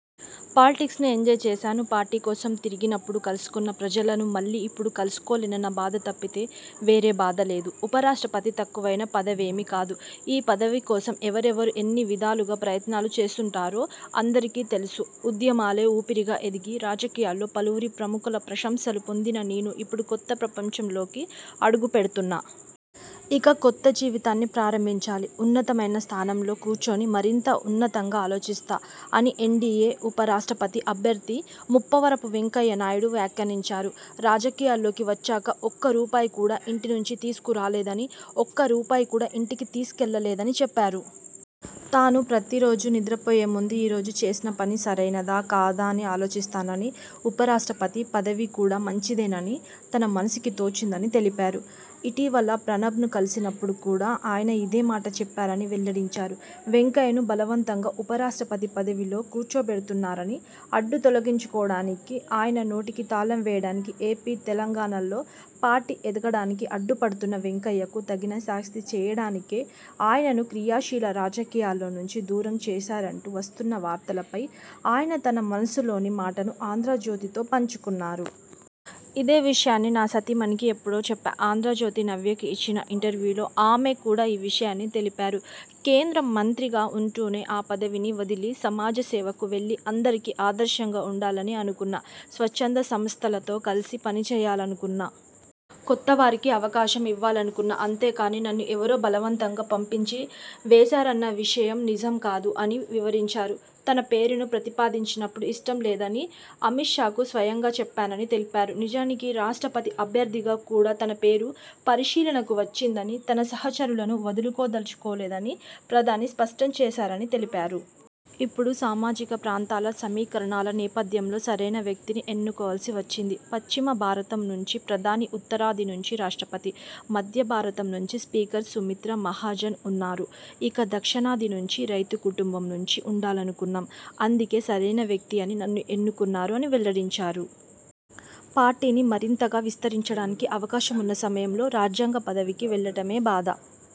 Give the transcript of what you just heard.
Politics ను enjoy చేశాను. Party కోసం తిరిగినప్పుడు కలుసుకున్న ప్రజలను మళ్లీ ఇప్పుడు కలుసుకోలేనన్న బాధ తప్పితే వేరే బాధ లేదు. ఉప రాష్ట్రపతి తక్కువైన పదవేమీ కాదు. ఈ పదవి కోసం ఎవరెవరు ఎన్ని విధాలుగా ప్రయత్నాలు చేస్తుంటారో అందరికీ తెలుసు. ఉద్యమాలే ఊపిరిగా ఎదిగి, రాజకీయాల్లో పలువురి ప్రముఖుల ప్రశంసలు పొందిన నేను ఇప్పుడు కొత్త ప్రపంచంలోకి అడుగు పెడుతున్నా. ఇక కొత్త జీవితాన్ని ప్రారంభించాలి. ఉన్నతమైన స్థానంలో కూర్చొని మరింత ఉన్నతంగా ఆలోచిస్తా'' అని ఎన్డీయే ఉప రాష్ట్రపతి అభ్యర్థి ముప్పవరపు వెంకయ్య నాయుడు వ్యాఖ్యానించారు. రాజకీయాల్లోకి వచ్చాక ఒక్క రూపాయి కూడా ఇంటి నుంచి తీసుకురాలేదని, ఒక్క రూపాయి కూడా ఇంటికి తీసుకెళ్లలేదని చెప్పారు. తాను ప్రతిరోజూ నిద్రపోయే ముందు ఈరోజు చేసిన పని సరైనదా? కాదా? అని ఆలోచిస్తానని, ఉప రాష్ట్రపతి పదవి కూడా మంచిదేనని తన మనసుకి తోచిందని తెలిపారు. ఇటీవల ప్రణబ్ను కలిసినప్పుడు కూడా ఆయన ఇదే మాట చెప్పారని వెల్లడించారు. వెంకయ్యను బలవంతంగా ఉప రాష్ట్రపతి పదవిలో కూర్చోబెడుతున్నారని, అడ్డు తొలగించుకోవడానికి, ఆయన నోటికి తాళం వేయడానికి, ఏపీ, తెలంగాణల్లో పార్టీ ఎదగడానికి అడ్డు పడుతున్న వెంకయ్యకు తగిన శాస్తి చేయడానికే ఆయనను క్రియాశీల రాజకీయాల్లో నుంచి దూరం చేశారంటూ వస్తున్న వార్తలపై ఆయన తన మనసులోని మాటను 'ఆంధ్రజ్యోతి'తో పంచుకున్నారు. ఇదే విషయాన్ని నా సతీమణికి ఎప్పుడో చెప్పా. 'ఆంధ్రజ్యోతి' నవ్యకు ఇచ్చిన ఇంటర్యూలో ఆమె కూడా ఈ విషయాన్ని తెలిపారు. కేంద్ర మంత్రిగా ఉంటూనే ఆ పదవిని వదిలి సమాజ సేవకు వెళ్లి అందరికీ ఆదర్శంగా ఉండాలని అనుకున్నా. స్వచ్ఛంద సంస్థలతో కలిసి పని చేయాలనుకున్నా. కొత్తవారికి అవకాశం ఇవ్వాలనుకున్నా. అంతేకానీ, నన్ను ఎవరో బలవంతంగా పంపించి వేశారన్న విషయం నిజం కాదు'' అని వివరించారు. తన పేరును ప్రతిపాదించినప్పుడు ఇష్టం లేదని అమిత్ షాకు స్వయంగా చెప్పానని తెలిపారు. నిజానికి రాష్ట్రపతి అభ్యర్థిగా కూడా తన పేరు పరిశీలనకు వచ్చిందని, తన సహచరులను వదులుకోదలచుకోలేదని ప్రధాని స్పష్టం చేశారని తెలిపారు. ''ఇప్పుడు సామాజిక, ప్రాంతాల సమీకరణాల నేపథ్యంలో సరైన వ్యక్తిని ఎన్నుకోవాల్సి వచ్చింది. పశ్చిమ భారతం నుంచి ప్రధాని, ఉత్తరాది నుంచి రాష్ట్రపతి, మధ్య భారతం నుంచి స్పీకర్ సుమిత్రా మహాజన్ ఉన్నారు. ఇక దక్షిణాది నుంచి రైతు కుటుంబం నుంచి ఉండాలనుకున్నాం. అందుకే సరైన వ్యక్తి అని నన్ను ఎన్నుకున్నారు'' అని వెల్లడించారు. పార్టీని మరింతగా విస్తరించడానికి అవకాశం ఉన్న సమయంలో రాజ్యాంగ పదవికి వెళ్లడమే బాధ